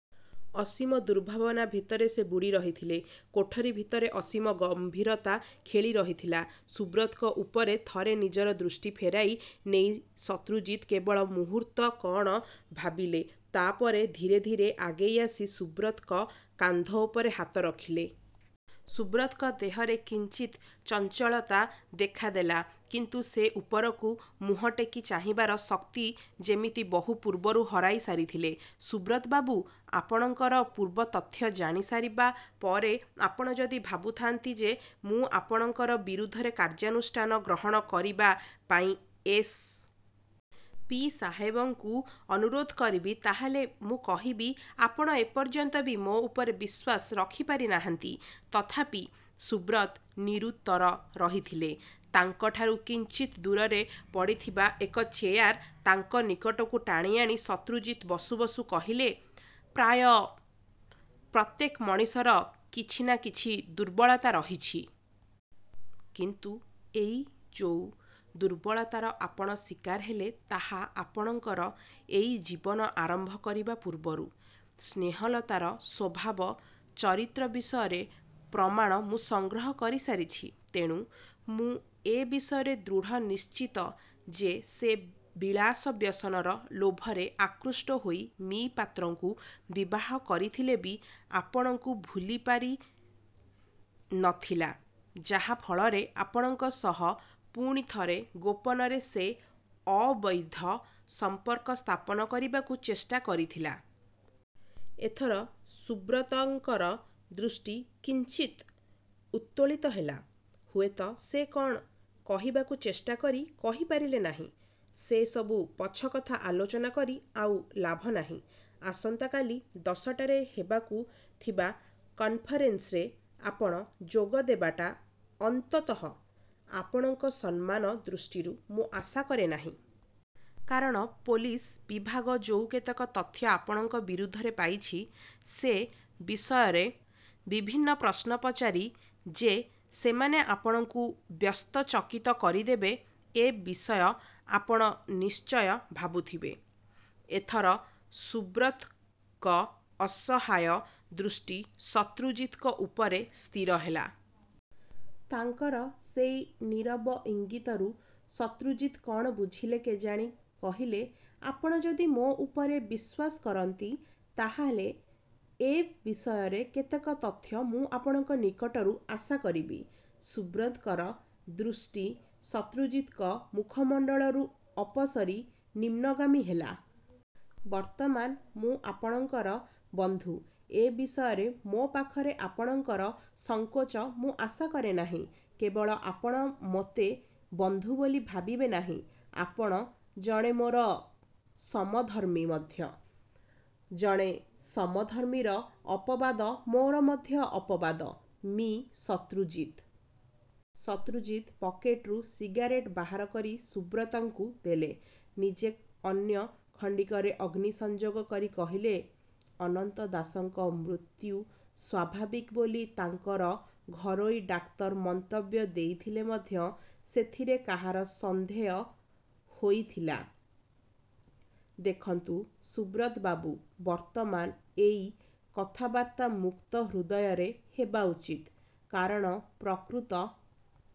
ଅସୀମ ଦୁର୍ଭାବନା ଭିତରେ ସେ ବୁଡ଼ି ରହିଥିଲେ। କୋଠରି ଭିତରେ ଅସୀମ ଗମ୍ଭୀରତା ଖେଳି ରହିଥିଲା। ସୁବ୍ରତଙ୍କ ଉପରୁ ଥରେ ନିଜର ଦୃଷ୍ଟି ଫେରାଇ ନେଇ ଶତ୍ରୁଜିତ କେତେକ ମୁହୂର୍ତ୍ତ କ'ଣ ଭାବିଲେ। ତା'ପରେ ଧୀରେ ଧୀରେ ଆଗେଇ ଆସି ସୁବ୍ରତଙ୍କ କାନ୍ଧ ଉପରେ ହାତ ରଖିଲେ। ସୁବ୍ରତଙ୍କ ଦେହରେ କିଞ୍ଚିତ୍ ଚଞ୍ଚଳତା ଦେଖାଦେଲା। କିନ୍ତୁ ସେ ଉପରକୁ ମୁହଁ ଟେକି ଚାହିଁବାର ଶକ୍ତି ଯେମିତି ବହୁ ପୂର୍ବରୁ ହରାଇ ସାରିଥିଲେ। 'ସୁବ୍ରତବାବୁ, ଆପଣଙ୍କର ପୂର୍ବ ତଥ୍ୟ ଜାଣିସାରିବା ପରେ ଆପଣ ଯଦି ଭାବୁଥାନ୍ତି ଯେ ମୁଁ ଆପଣଙ୍କର ବିରୁଦ୍ଧରେ କାର୍ଯ୍ୟାନୁଷ୍ଠାନ ଗ୍ରହଣ କରିବାପାଇଁ ଏସ୍. ପି. ସାହେବଙ୍କୁ ଅନୁରୋଧ କରିବି, ତା'ହେଲେ ମୁଁ କହିବି, ଆପଣ ଏପର୍ଯ୍ୟନ୍ତ ବି ମୋ ଉପରେ ବିଶ୍ୱାସ ରଖିପାରିନାହାନ୍ତି। ' ତଥାପି ସୁବ୍ରତ ନିରୁତ୍ତର ରହିଥିଲେ। ତାଙ୍କଠାରୁ କିଞ୍ଚିତ୍ ଦୂରରେ ପଡ଼ିଥିବା ଏକ ଚେୟାର ତାଙ୍କ ନିକଟକୁ ଟାଣି ଆଣି ଶତ୍ରୁଜିତ ବସୁ ବସୁ କହିଲେ, 'ପ୍ରାୟ ପ୍ରତ୍ୟେକ ମଣିଷର କିଛି ନା କିଛି ଦୁର୍ବଳତା ରହିଛି। କିନ୍ତୁ ଏଇ ଯୋଉ ଦୁର୍ବଳତାର ଆପଣ ଶିକାର ହେଲେ, ତାହା ଆପଣଙ୍କର ଏଇ ଜୀବନ ଆରମ୍ଭ କରିବା ପୂର୍ବରୁ। ସ୍ନେହଲତାର ସ୍ୱଭାବ ଚରିତ୍ର ବିଷୟରେ ପ୍ରମାଣ ମୁଁ ସଂଗ୍ରହ କରିସାରିଛି। ତେଣୁ ମୁଁ ଏ ବିଷୟରେ ଦୃଢ଼ ନିଶ୍ଚିତ ଯେ ସେ ବିଳାସ ବ୍ୟସନର ଲୋଭରେ ଆକୃଷ୍ଟ ହୋଇ ମି: ପାତ୍ରଙ୍କୁ ବିବାହ କରିଥିଲେ ବି ଆପଣଙ୍କୁ ଭୁଲ ପାରି ନଥିଲା, ଯାହା ଫଳରେ ଆପଣଙ୍କ ସହ ପୁଣି ଥରେ ଗୋପନରେ ସେ ଅବୈଧ ସଂପର୍କ ସ୍ଥାପନ କରିବାକୁ ଚେଷ୍ଟା କରିଥିଲା। ' ଏଥର ସୁବ୍ରତଙ୍କର ଦୃଷ୍ଟି କିଞ୍ଚିତ୍ ଉତ୍ତୋଳିତ ହେଲା। ହୁଏତ ସେ କ'ଣ କହିବାକୁ ଚେଷ୍ଟା କରି କହି ପାରିଲେ ନାହିଁ। 'ସେସବୁ ପଛକଥା ଆଲୋଚନା କରି ଆଉ ଲାଭ ନାହିଁ। ଆସନ୍ତା କାଲି ଦଶଟାରେ ହେବାକୁ ଥିବା କନ୍ଫରେନସ୍ରେ ଆପଣ ଯୋଗ ଦେବାଟା ଅନ୍ତତଃ ଆପଣଙ୍କ ସମ୍ମାନ ଦୃଷ୍ଟିରୁ ମୁଁ ଆଶା କରେ ନାହିଁ। କାରଣ ପୋଲିସ ବିଭାଗ ଯୋଉ କେତେକ ତଥ୍ୟ ଆପଣଙ୍କ ବିରୁଦ୍ଧରେ ପାଇଛି, ସେ ବିଷୟରେ ବିଭିନ୍ନ ପ୍ରଶ୍ନ ପଚାରି ଯେ ସେମାନେ ଆପଣଙ୍କୁ ବ୍ୟସ୍ତ ଚକିତ କରିଦେବେ ଏ ବିଷୟ ଆପଣ ନିଶ୍ଚୟ ଭାବୁଥିବେ। ' ଏଥର ସୁବ୍ରତଙ୍କ ଅସହାୟ ଦୃଷ୍ଟି ଶତ୍ରୁଜିତଙ୍କ ଉପରେ ସ୍ଥିର ହେଲା। ତାଙ୍କର ସେଇ ନୀରବ ଇଙ୍ଗିତରୁ ଶତ୍ରୁଜିତ କ'ଣ ବୁଝିଲେ କେଜାଣି କହିଲେ, 'ଆପଣ ଯଦି ମୋ ଉପରେ ବିଶ୍ୱାସ କରନ୍ତି, ତା'ହେଲେ ଏ ବିଷୟରେ କେତେକ ତଥ୍ୟ ମୁଁ ଆପଣଙ୍କ ନିକଟରୁ ଆଶା କରିବି। ' ସୁବ୍ରତଙ୍କର ଦୃଷ୍ଟି ଶତ୍ରୁଜିତଙ୍କ ମୁଖମଣ୍ଡଳରୁ ଅପସରି ନିମ୍ନଗାମୀ ହେଲା। 'ବର୍ତ୍ତମାନ ମୁଁ ଆପଣଙ୍କର ବନ୍ଧୁ। ଏ ବିଷୟରେ ମୋ ପାଖରେ ଆପଣଙ୍କର ସଂକୋଚ ମୁଁ ଆଶା କରେ ନାହିଁ। କେବଳ ଆପଣ ମୋତେ ବନ୍ଧୁ ବୋଲି ଭାବିବେ ନାହିଁ। ଆପଣ ଜଣେ ମୋର ସମଧର୍ମୀ ମଧ୍ୟ। ଜଣେ ସମଧର୍ମୀର ଅପବାଦ ମୋର ମଧ୍ୟ ଅପବାଦ। ' 'ମି: ଶତ୍ରୁଜିତ! ' ଶତ୍ରୁଜିତ ପ୍ୟାକେଟରୁ ସିଗାରେଟ ବାହାର କରି ସୁବ୍ରତଙ୍କୁ ଦେଲେ। ନିଜେ ଅନ୍ୟ ଖଣ୍ଡିକରେ ଅଗ୍ନି ସଂଯୋଗ କରି କହିଲେ, 'ଅନନ୍ତ ଦାସଙ୍କର ମୃତ୍ୟୁ ସ୍ୱାଭାବିକ ବୋଲି ତାଙ୍କର ଘରୋଇ ଡାକ୍ତର ମନ୍ତବ୍ୟ ଦେଇଥିଲେ ମଧ୍ୟ ସେଥିରେ କାହାର ସନ୍ଦେହ ହୋଇଥିଲା? ଦେଖନ୍ତୁ ସୁବ୍ରତବାବୁ ବର୍ତ୍ତମାନ ଏଇ କଥାବାର୍ତ୍ତା ମୁକ୍ତ ହୃଦୟରେ ହେବା ଉଚିତ। କାରଣ ପ୍ରକୃତ